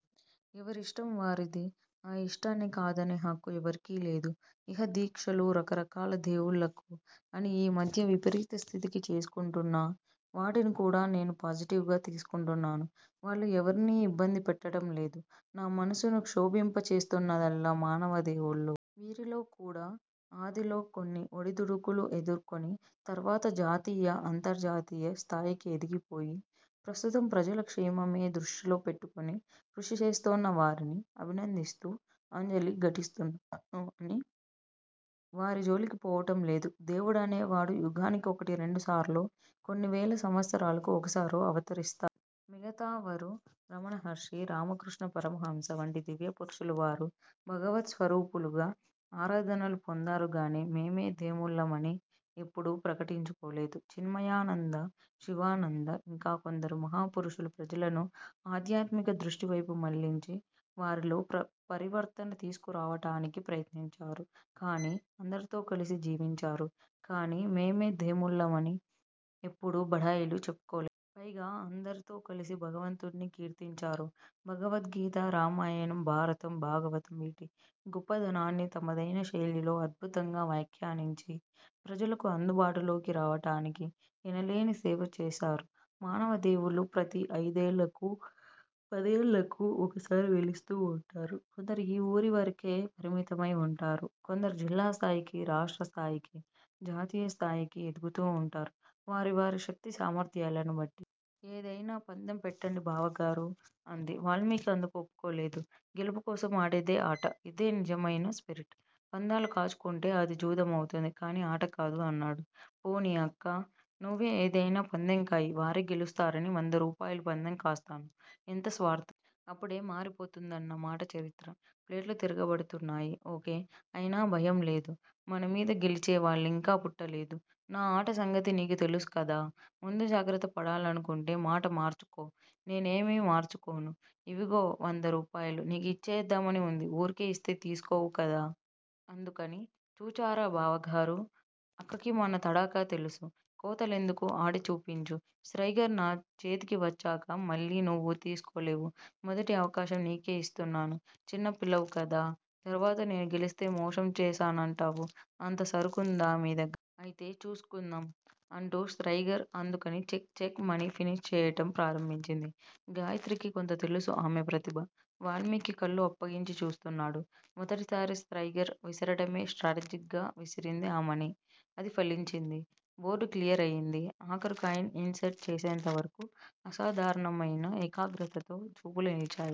ఎవరిష్టం వారిది. ఆ ఇష్టాన్ని కాదనే హక్కు ఎవరికీ లేదు! ఇహ దీక్షలు రకరకాల దేవుళ్ళకు. అని ఈ మధ్య విపరీత స్థితికి చేసుకుంటున్నా వాటిని కూడా నేను పాజిటివ్ గా తీసుకుంటున్నాను. వాళ్ళు ఎవరినీ ఇబ్బంది పెట్టటం లేదు. నా మనసును క్షోభింపచేస్తున్నదల్లా మానవదేవుళ్ళు! వీరిలోకూడా ఆదిలో కొన్ని ఒడిదుడుకులు ఎదుర్కొని, తర్వాత జాతీయ, అంతర్జాతీయ స్థాయికి ఎదిగిపోయి, ప్రస్తుతం ప్రజల క్షేమమే దృష్టిలో పెట్టుకుని కృషి చేస్తోన్నవారిని అభినందిస్తూ అంజలి ఘటిస్తున్నాను గాని, వారి జోలికి పోవటం లేదు! దేవుడనేవాడు యుగానికి ఒకటి రెండుసార్లో, కొన్నివేల సంవత్సరాలకు ఒకసారో అవతరిస్తాడు. మిగతావరు రమణమహర్షి, రామకృష్ణ పరమహంస వంటి దివ్యపురుషులు వారు భగవత్ స్వరూపులుగా ఆరాధనలు పొందారుగాని, మేమే దేముళ్ళమని ఎప్పుడూ ప్రకటించుకోలేదు. చిన్మయానంద, శివానంద ఇంకా కొందరు మహాపురుషులు ప్రజలను ఆధ్యాత్మిక దృష్టివైపు మళ్ళించి, వారిలో పరివర్తన తీసుకురావటానికి ప్రయత్నించారు కానీ, అందరితో కలిసి జీవించారు. కానీ, మేమే దేముళ్ళని ఎప్పుడూ బడాయిలు చెప్పుకోలేదు. పైగా అందరితో కలిసి భగవంతుడ్ని కీర్తించారు. భగవద్గీత, రామాయణం, భారతం, భాగవతం-వీటి గొప్పదనాన్ని తమదైన శైలిలో అద్భుతంగా వ్యాఖ్యానించి, ప్రజలకు అందుబాటులోకి రావటానికి ఎనలేని సేవ చేశారు. మానవదేవుళ్ళు ప్రతి అయిదేళ్ళకూ, పదేళ్ళకూ ఒకసారి వెలుస్తూ వుంటారు. కొందరు ఈ ఊరివరకే పరిమితమై వుంటారు. కొందరు జిల్లాస్థాయికీ, రాష్ట్రస్థాయికీ, జాతీయస్థాయికీ ఎదుగుతూ వుంటారు వారి వారి శక్తి సామర్ద్యాలను బట్టి. ఏదయినా పందెం పెట్టండి బావగారూ! అంది. వాల్మీకి అందుకు ఒప్పుకోలేదు. గెలుపుకోసం ఆడేదే ఆట! అదే నిజమయిన స్పిరిట్! పందాలు కాచుకుంటే అది జూదం అవుతుంది కాని ఆటకాదు అన్నాడు, పోనీ అక్కా! నువ్వే ఏదయినా పందెం కాయి వారే గెలుస్తారని వంద రూపాయలు పందెం కాస్తాను ఎంత స్వార్ధం? అప్పుడే మారిపోతుందన్నమాట చరిత్ర! ప్లేట్లు తిరగబడుతున్నాయి! ఓకే! అయినా భయంలేదు. మనమీద గెలిచే వాళ్ళింకా పుట్టలేదు. నా ఆట సంగతి నీకు తెలుసుకదా! ముందు జాగ్రత్త పడాలనుకుంటే మాట మార్చుకో! నేనేమీ మార్చుకోను. ఇవిగో వంద రూపాయలు. నీకు యిచ్చేద్దామని ఉంది. ఊరికే యిస్తే తీసుకోవు కదా!? అందుకని. చూచారా బావగారూ! అక్కకి మన తడాఖా తెలుసు! కోతలెందుకు ఆడి చూపించు, స్త్రయిగర్ నా చేతికి వచ్చాక మళ్ళీ నువ్వు తీసుకోలేవు. మొదటి అవకాశం నీకే యిస్తున్నాను. చిన్న పిల్లవు కదా! తరువాత నేను గెలిస్తే మోసం చేశానంటావు అంత సరుకుందా మీ దగ్గర! ఐతే చూచుకుందాం అంటూ స్త్రయిగర్ అందుకుని చెక్ చెక్ మని ఫినిష్ చేయటం ప్రారంభించింది. గాయత్రికి కొంత తెలుసు ఆమె ప్రతిభ! వాల్మీకి కళ్ళు అప్పగించి చూస్తున్నాడు. మొదటిసారి స్త్రయిగర్ విసరటమే స్ట్రాటజిక్ గా విసిరింది ఆమని! అది ఫలించింది. బోర్డు క్లియర్ అయింది. ఆఖరు కాయిన్ ఇన్ సెట్ చేసేంతవరకూ అసాధారణమయిన ఏకాగ్రతతో చూపులు నిలిచాయి.